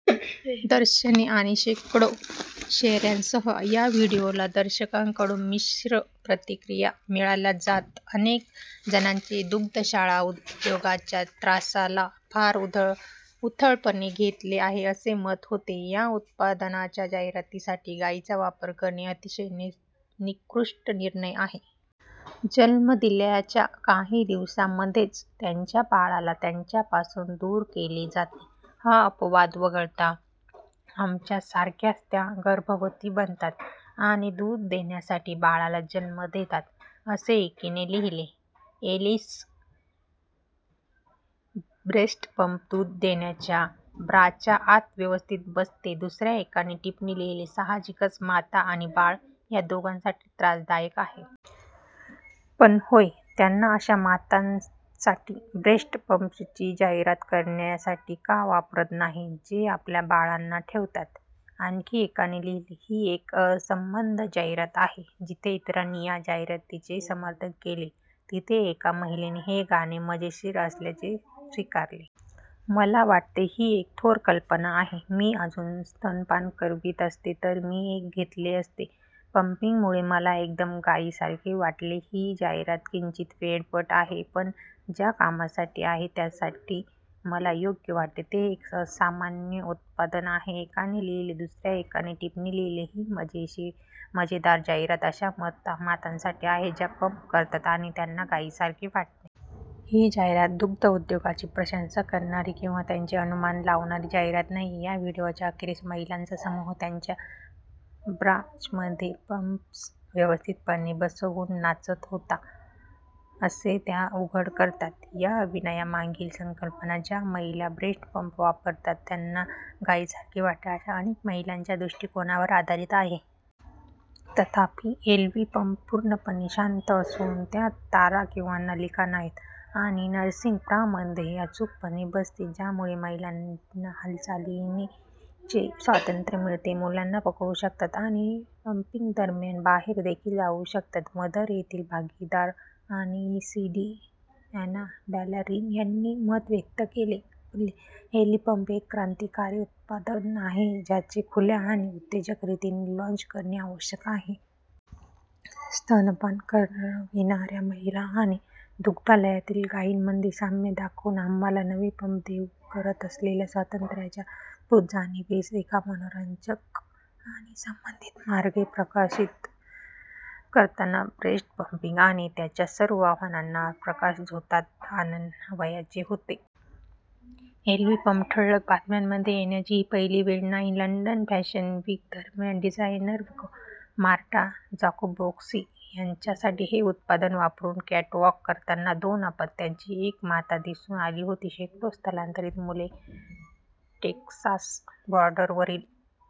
दर्शने आणि शेकडो शेऱ्यांसह, या व्हिडिओला दर्शकांकडून मिश्र प्रतिक्रिया मिळाल्या, ज्यात अनेक जणांचे दुग्धशाळा उद्योगाच्या "त्रासा"ला फार उथळपणे घेतले आहे असे मत होते. "या उत्पादनाच्या जाहिरातीसाठी गाईंचा वापर करणे अतिशय निकृष्ट निर्णय आहे. " जन्म दिल्याच्या काही दिवसांमध्येच त्यांच्या बाळाला त्यांच्या पासून दूर केले जाते हा अपवाद वगळता, आमच्या सारख्याच त्या गर्भवती बनतात आणि दूध देण्यासाठी बाळाला जन्म देतात," असे एकीने लिहिले. एल्विस ब्रेस्ट पंप दूध देण्याच्या ब्राच्या आत व्यवस्थित बसते दुसऱ्या एकाने टिप्पणी लिहिली: "साहजिकच माता आणि बाळ या दोघांसाठी त्रासदायक आहे. पण होय, त्यांना अशा मातांसाठी ब्रेस्ट पंपची जाहिरात करण्यासाठी का वापरत नाहीत, जे आपल्या बाळांना ठेवतात? " आणखी एकाने लिहिले: "ही एक असंबद्ध जाहिरात आहे. " जेथे इतरांनी या जाहिरातीचे समर्थन केले, तेथे एका महिलेने हे गाणे "मजेशीर" असल्याचे स्वीकारले. "मला वाटते ही एक थोर कल्पना आहे. मी अजून स्तनपान करवीत असते तर मी एक घेतले असते पंपिंगमुळे मला एकदम गाईसारखे वाटले ही जाहिरात किंचित वेडपट आहे पण ज्या कामासाठी आहे त्यासाठी मला योग्य वाटते हे एक असामान्य उत्पादन आहे," एकाने लिहिले दुसऱ्या एकाने टिप्पणी लिहिली: "ही मजेदार जाहिरात अशा मातांसाठी आहे ज्या पंप करतात आणि त्यांना गाईंसारखे वाटते. " ही जाहिरात दुग्ध उद्योगाची प्रशंसा करणारी किंवा त्याचे अनुमान लावणारी जाहिरात नाहीये. " या व्हिडिओच्या अखेरीस महिलांचा समूह त्यांच्या ब्राजमध्ये पंप्स व्यवस्थितपणे बसवून नाचत होता असे त्या उघड करतात. या अभियानामागील संकल्पना ज्या महिला ब्रेस्ट-पंप वापरतात त्यांना गाईंसारखे वाटते, अशा अनेक महिलांच्या दृष्टीकोनावर आधारित आहे. तथापि एल्वि पंप पूर्णपणे शांत असून, त्यात तारा किंवा नलिका नाहीत आणि नर्सिंग ब्रामध्ये अचूकपणे बसते, ज्यामुळे महिलांना हालचालीचे स्वातंत्र्य मिळते, मुलांना पकडू शकतात आणि पंपिंगदरम्यान बाहेर देखील जाऊ शकतात. मदर येथील भागीदार आणि ईसीडी अॅना बॅलारिन यांनी मत व्यक्त केले: एल्वि पंप एक क्रांतिकारी उत्पादन आहे, ज्याचे खुल्या आणि उत्तेजक रीतीने लाँच करणे आवश्यक आहे. स्तनपान करविणाऱ्या महिला आणि दुग्धालयातील गाईंमध्ये साम्य दाखवून, आम्हाला नवे पंप देऊ करत असलेल्या स्वातंत्र्याच्या अद्भुत जाणीवेस, एका मनोरंजक आणि संबंधित मार्गे प्रदर्शित करताना, ब्रेस्ट पंपिंग आणि त्याच्या सर्व आव्हानांना प्रकाशझोतात आणावयाचे होते. एल्वि पंप ठळक बातम्यांमध्ये येण्याची ही पहिली वेळ नाही. लंडन फॅशन विकदरम्यान, डिझायनर मार्टा जाकुबोव्स्की यांच्यासाठी, हे उत्पादन वापरून कॅटवाक करताना दोन अपत्यांची एक माता दिसून आली होती. शेकडो स्थलांतरित मुले टेक्सास बॉर्डरवरील